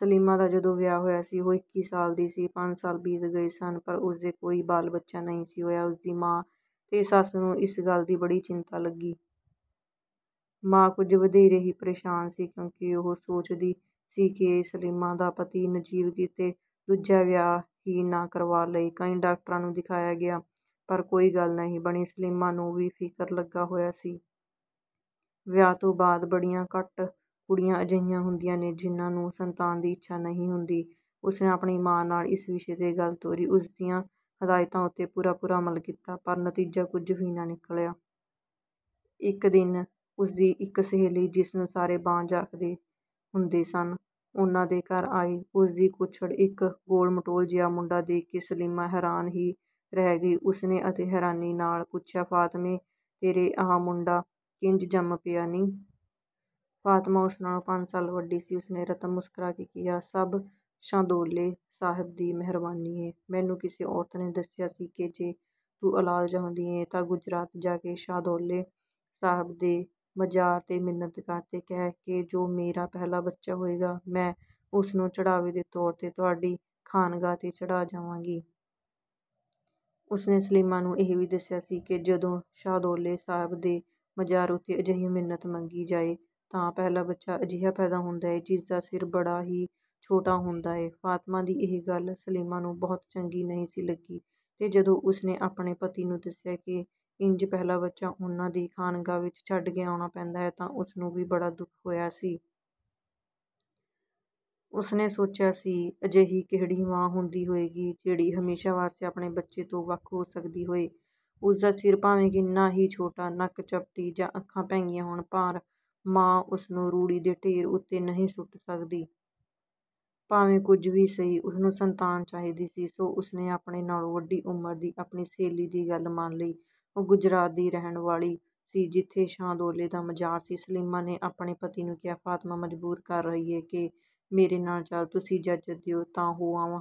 ਸਲੀਮਾ ਦਾ ਜਦੋਂ ਵਿਆਹ ਹੋਇਆ ਸੀ, ਉਹ ਇੱਕੀ ਸਾਲ ਦੀ ਸੀ। ਪੰਜ ਸਾਲ ਬੀਤ ਗਏ ਸਨ, ਪਰ ਉਸਦੇ ਕੋਈ ਬਾਲ-ਬੱਚਾ ਨਹੀਂ ਸੀ ਹੋਇਆ। ਉਸਦੀ ਮਾਂ ਤੇ ਸੱਸ ਨੂੰ ਇਸ ਗੱਲ ਦੀ ਬੜੀ ਚਿੰਤਾ ਲੱਗੀ। ਮਾਂ ਕੁਝ ਵਧੇਰੇ ਹੀ ਪਰੇਸ਼ਾਨ ਸੀ, ਕਿਉਂਕਿ ਉਹ ਸੋਚਦੀ ਸੀ ਕਿ ਸਲੀਮਾ ਦਾ ਪਤੀ ਨਜ਼ੀਬ ਕਿਤੇ ਦੂਜਾ ਵਿਆਹ ਹੀ ਨਾ ਕਰਵਾ ਲਏ। ਕਈ ਡਾਕਟਰਾਂ ਨੂੰ ਦਿਖਾਇਆ ਗਿਆ, ਪਰ ਕੋਈ ਗੱਲ ਨਹੀਂ ਬਣੀ। ਸਲੀਮਾ ਨੂੰ ਵੀ ਫਿਕਰ ਲੱਗਾ ਹੋਇਆ ਸੀ। ਵਿਆਹ ਤੋਂ ਬਾਅਦ ਬੜੀਆਂ ਘੱਟ ਕੁੜੀਆਂ ਅਜਿਹੀਆਂ ਹੁੰਦੀਆਂ ਨੇ, ਜਿਹਨਾਂ ਨੂੰ ਸੰਤਾਨ ਦੀ ਇੱਛਾ ਨਹੀਂ ਹੁੰਦੀ। ਉਸਨੇ ਆਪਣੀ ਮਾਂ ਨਾਲ ਇਸ ਵਿਸ਼ੇ ਤੇ ਗੱਲ ਤੋਰੀ, ਉਸਦੀਆਂ ਹਦਾਇਤਾਂ ਉੱਤੇ ਪੂਰਾ-ਪੂਰਾ ਅਮਲ ਕੀਤਾ, ਪਰ ਨਤੀਜਾ ਕੁਝ ਵੀ ਨਾ ਨਿਕਲਿਆ। ਇਕ ਦਿਨ ਉਸਦੀ ਇਕ ਸਹੇਲੀ, ਜਿਸਨੂੰ ਸਾਰੇ ਬਾਂਝ ਆਖਦੇ ਹੁੰਦੇ ਸਨ, ਉਹਨਾਂ ਦੇ ਘਰ ਆਈ। ਉਸਦੀ ਕੁੱਛੜ ਇਕ ਗੋਲ-ਮਟੋਲ ਜਿਹਾ ਮੁੰਡਾ ਦੇਖ ਕੇ ਸਲੀਮਾ ਹੈਰਾਨ ਹੀ ਰਹਿ ਗਈ। ਉਸਨੇ ਅਤਿ ਹੈਰਾਨੀ ਨਾਲ ਪੁੱਛਿਆ, “ਫਾਤਮੇਂ, ਤੇਰੇ ਅਹਿ ਮੁੰਡਾ ਕਿੰਜ ਜੰਮ ਪਿਆ ਨੀਂ?” ਫਾਤਮਾ ਉਸ ਨਾਲੋਂ ਪੰਜ ਸਾਲ ਵੱਡੀ ਸੀ। ਉਸਨੇ ਰਤਾ ਮੁਸਕਰਾ ਕੇ ਕਿਹਾ, “ਸਭ ਸ਼ਾਹਦੌਲੇ ਸਾਹਬ ਦੀ ਮਿਹਰਬਾਨੀ ਏ। ਮੈਨੂੰ ਕਿਸੇ ਔਰਤ ਨੇ ਦੱਸਿਆ ਸੀ ਕਿ ਜੇ ਤੂੰ ਔਲਾਦ ਚਾਹੁੰਦੀ ਏਂ ਤਾਂ ਗੁਜਰਾਤ ਜਾ ਕੇ ਸ਼ਾਹਦੌਲੇ ਸਾਹਬ ਦੇ ਮਜ਼ਾਰ ਤੇ ਮਿੰਨਤ ਕਰ, ਤੇ ਕਹਿ ਕਿ ਜੋ ਮੇਰਾ ਪਹਿਲਾ ਬੱਚਾ ਹੋਏਗਾ, ਮੈਂ ਉਸਨੂੰ ਚੜ੍ਹਾਵੇ ਦੇ ਤੌਰ ਤੇ ਤੁਹਾਡੀ ਖਾਨਗਾਹ ਤੇ ਚੜ੍ਹਾਅ ਜਾਵਾਂਗੀ।” ਉਸਨੇ ਸਲੀਮਾ ਨੂੰ ਇਹ ਵੀ ਦੱਸਿਆ ਸੀ ਕਿ ਜਦੋਂ ਸ਼ਾਹਦੌਲੇ ਸਾਹਬ ਦੇ ਮਜ਼ਾਰ ਉੱਤੇ ਅਜਿਹੀ ਮਿੰਨਤ ਮੰਗੀ ਜਾਏ, ਤਾਂ ਪਹਿਲਾ ਬੱਚਾ ਅਜਿਹਾ ਪੈਦਾ ਹੁੰਦਾ ਏ, ਜਿਸਦਾ ਸਿਰ ਬੜਾ ਹੀ ਛੋਟਾ ਹੁੰਦਾ ਏ। ਫਾਤਮਾ ਦੀ ਇਹ ਗੱਲ ਸਲੀਮਾ ਨੂੰ ਬਹੁਤੀ ਚੰਗੀ ਨਹੀਂ ਸੀ ਲੱਗੀ ਤੇ ਜਦੋਂ ਉਸਨੇ ਆਪਣੇ ਪਤੀ ਨੂੰ ਦੱਸਿਆ ਕਿ ਇੰਜ ਪਹਿਲਾ ਬੱਚਾ ਉਹਨਾਂ ਦੀ ਖਾਨਗਾਹ ਵਿਚ ਛੱਡ ਕੇ ਆਉਣਾ ਪੈਂਦਾ ਏ, ਤਾਂ ਉਸਨੂੰ ਵੀ ਬੜਾ ਦੁੱਖ ਹੋਇਆ ਸੀ। ਉਸਨੇ ਸੋਚਿਆ ਸੀ, ਅਜਿਹੀ ਕਿਹੜੀ ਮਾਂ ਹੁੰਦੀ ਹੋਏਗੀ, ਜਿਹੜੀ ਹਮੇਸ਼ਾ ਵਾਸਤੇ ਆਪਣੇ ਬੱਚੇ ਤੋਂ ਵੱਖ ਹੋ ਸਕਦੀ ਹੋਏ? ਉਸਦਾ ਸਿਰ ਭਾਵੇਂ ਕਿੰਨਾ ਹੀ ਛੋਟਾ, ਨੱਕ ਚਪਟੀ ਜਾਂ ਅੱਖਾਂ ਭੈਂਗੀਆਂ ਹੋਣ, ਪਰ ਮਾਂ ਉਸਨੂੰ ਰੂੜੀ ਦੇ ਢੇਰ ਉੱਤੇ ਨਹੀਂ ਸੁੱਟ ਸਕਦੀ। ਭਾਵੇਂ ਕੁਝ ਵੀ ਸਹੀ, ਉਸਨੂੰ ਸੰਤਾਨ ਚਾਹੀਦੀ ਸੀ, ਸੋ ਉਸਨੇ ਆਪਣੇ ਨਾਲੋਂ ਵੱਡੀ ਉਮਰ ਦੀ ਆਪਣੀ ਸਹੇਲੀ ਦੀ ਗੱਲ ਮੰਨ ਲਈ। ਉਹ ਗੁਜਰਾਤ ਦੀ ਰਹਿਣ ਵਾਲੀ ਸੀ, ਜਿੱਥੇ ਸ਼ਾਹਦੌਲੇ ਦਾ ਮਜ਼ਾਰ ਸੀ। ਸਲੀਮਾ ਨੇ ਆਪਣੇ ਪਤੀ ਨੂੰ ਕਿਹਾ, "ਫਾਤਮਾ ਮਜਬੂਰ ਕਰ ਰਹੀ ਏ ਕਿ ਮੇਰੇ ਨਾਲ ਚਲ। ਤੁਸੀਂ ਇਜਾਜ਼ਤ ਦਿਓ ਤਾਂ ਹੋ ਆਵਾਂ?"